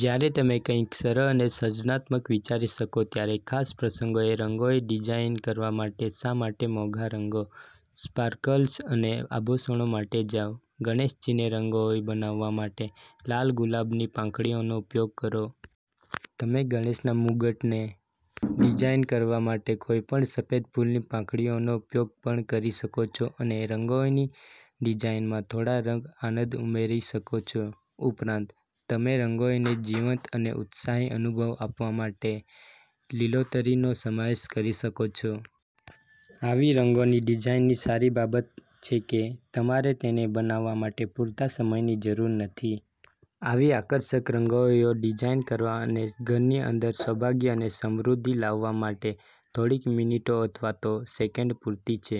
જ્યારે તમે કંઈક સરળ અને સર્જનાત્મક વિચારી શકો ત્યારે ખાસ પ્રસંગોએ રંગોળી ડિઝાઇન કરવા માટે શા માટે મોંઘા રંગો, સ્પાર્કલ્સ અને આભૂષણો માટે જાવ? ગણેશજીને રંગોળી બનાવવા માટે લાલ ગુલાબની પાંખડીઓનો ઉપયોગ કરો. તમે ગણેશના મુગટને ડિઝાઇન કરવા માટે કોઈપણ સફેદ ફૂલની થોડી પાંખડીઓનો ઉપયોગ પણ કરી શકો છો અને રંગોળીની ડિઝાઇનમાં થોડો રંગ આનંદ ઉમેરી શકો છો. ઉપરાંત, તમેરંગોળીને જીવંત અને ઉત્સાહી અનુભવ આપવા માટે લીલોતરીનો સમાવેશ કરી શકો છો. આવી રંગોળી ડિઝાઇનની સારી બાબતછે કે તમારે તેને બનાવવા માટે પૂરતા સમયની જરૂર નથી. આવી આકર્ષક રંગોળીઓ ડિઝાઇન કરવા અને ઘરની અંદર સૌભાગ્ય અને સમૃદ્ધિ લાવવા માટે થોડીક મિનિટો અથવા તો સેકન્ડ પૂરતી છે.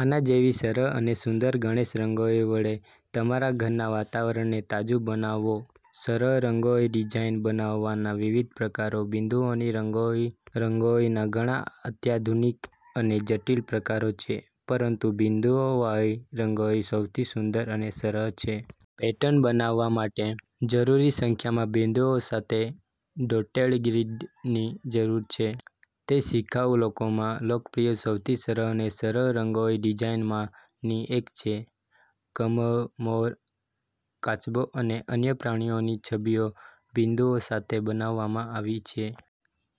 આના જેવી સરળ અને સુંદર ગણેશ રંગોળી વડે તમારા ઘરના વાતાવરણને તાજું બનાવો સરળ રંગોળી ડિઝાઇન બનાવવાના વિવિધ પ્રકારો બિંદુઓની રંગોળીરંગોળીના ઘણા અત્યાધુનિક અને જટિલ પ્રકારો છે, પરંતુ બિંદુઓવાળી રંગોળી સૌથી સુંદર અને સરળ છે. પેટર્ન બનાવવા માટે જરૂરી સંખ્યામાં બિંદુઓ સાથે ડોટેડ ગ્રીડની જરૂર છે. તે શિખાઉ લોકોમાં લોકપ્રિય સૌથી સરળ અને સરળ રંગોળી ડિઝાઇનમાંની એક છે. કમળ, મોર, કાચબો અને અન્ય પ્રાણીઓની છબીઓ બિંદુઓ સાથે બનાવવામાં આવી છે.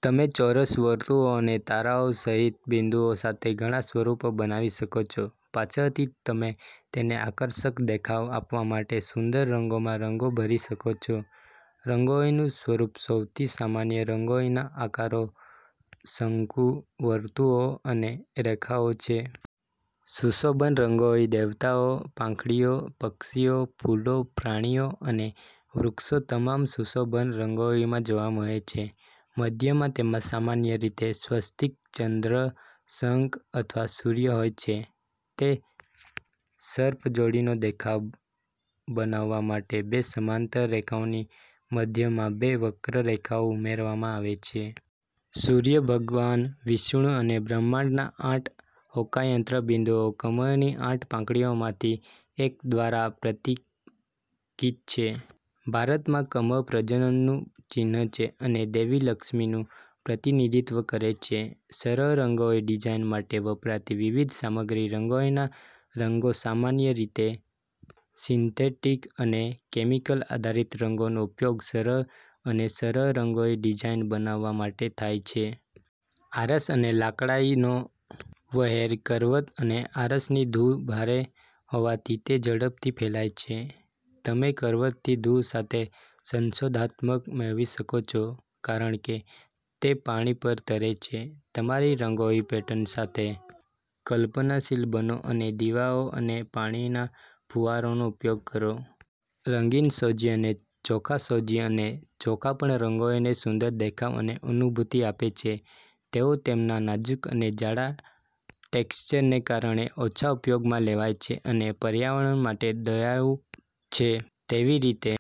તમે ચોરસ, વર્તુળો અને તારાઓ સહિત બિંદુઓ સાથે ઘણા સ્વરૂપો બનાવી શકો છો. પાછળથી, તમે તેને આકર્ષક દેખાવ આપવા માટે સુંદર રંગોમાં રંગો ભરી શકો છો. રંગોળીનું સ્વરૂપસૌથી સામાન્ય રંગોળીના આકારો શંકુ, વર્તુળો અને રેખાઓ છે. સુશોભન રંગોળીદેવતાઓ, પાંખડીઓ, પક્ષીઓ, ફૂલો, પ્રાણીઓ અને વૃક્ષો તમામ સુશોભન રંગોળીમાં જોવા મળે છે. મધ્યમાં, તેમાં સામાન્ય રીતે સ્વસ્તિક, ચંદ્ર, શંખ અથવા સૂર્ય હોય છે. સર્પ જોડીનો દેખાવ બનાવવા માટે બે સમાંતર રેખાઓની મધ્યમાં બે વક્ર રેખાઓ ઉમેરવામાં આવે છે. સૂર્ય, ભગવાન વિષ્ણુ અને બ્રહ્માંડના આઠ હોકાયંત્ર બિંદુઓ કમળની આઠ પાંખડીઓમાંથી એક દ્વારા પ્રતીકિત છે. ભારતમાં, કમળ પ્રજનનનું ચિહ્ન છે અને દેવી લક્ષ્મીનું પ્રતિનિધિત્વ કરે છે. સરળ રંગોળી ડિઝાઇન માટે વપરાતી વિવિધ સામગ્રી રંગોળીના રંગોસામાન્ય રીતે સિન્થેટીક અને કેમિકલ આધારિત રંગોનો ઉપયોગ સરળ અને સરળ રંગોળી ડિઝાઇન બનાવવા માટે થાય છે. આરસ અને લાકડાંઈ નો વહેરકરવત અને આરસની ધૂળ ભારે હોવાથી તે ઝડપથી ફેલાય છે. તમે કરવતની ધૂળ સાથે સંશોધનાત્મક મેળવી શકો છો કારણ કે તે પાણી પર તરે છે. તમારી રંગોળી પેટર્ન સાથે કલ્પનાશીલ બનો અને દીવાઓ અને પાણીના ફુવારાનો ઉપયોગ કરો. રંગીન સોજી અને ચોખાસોજી અને ચોખા પણ રંગોળીને સુંદર દેખાવ અને અનુભૂતિ આપે છે. તેઓ તેમના નાજુક અને જાડા ટેક્સચરને કારણે ઓછા ઉપયોગમાં લેવાય છે અને પર્યાવરણ માટે દયાળુ છે. તેવીરીતે,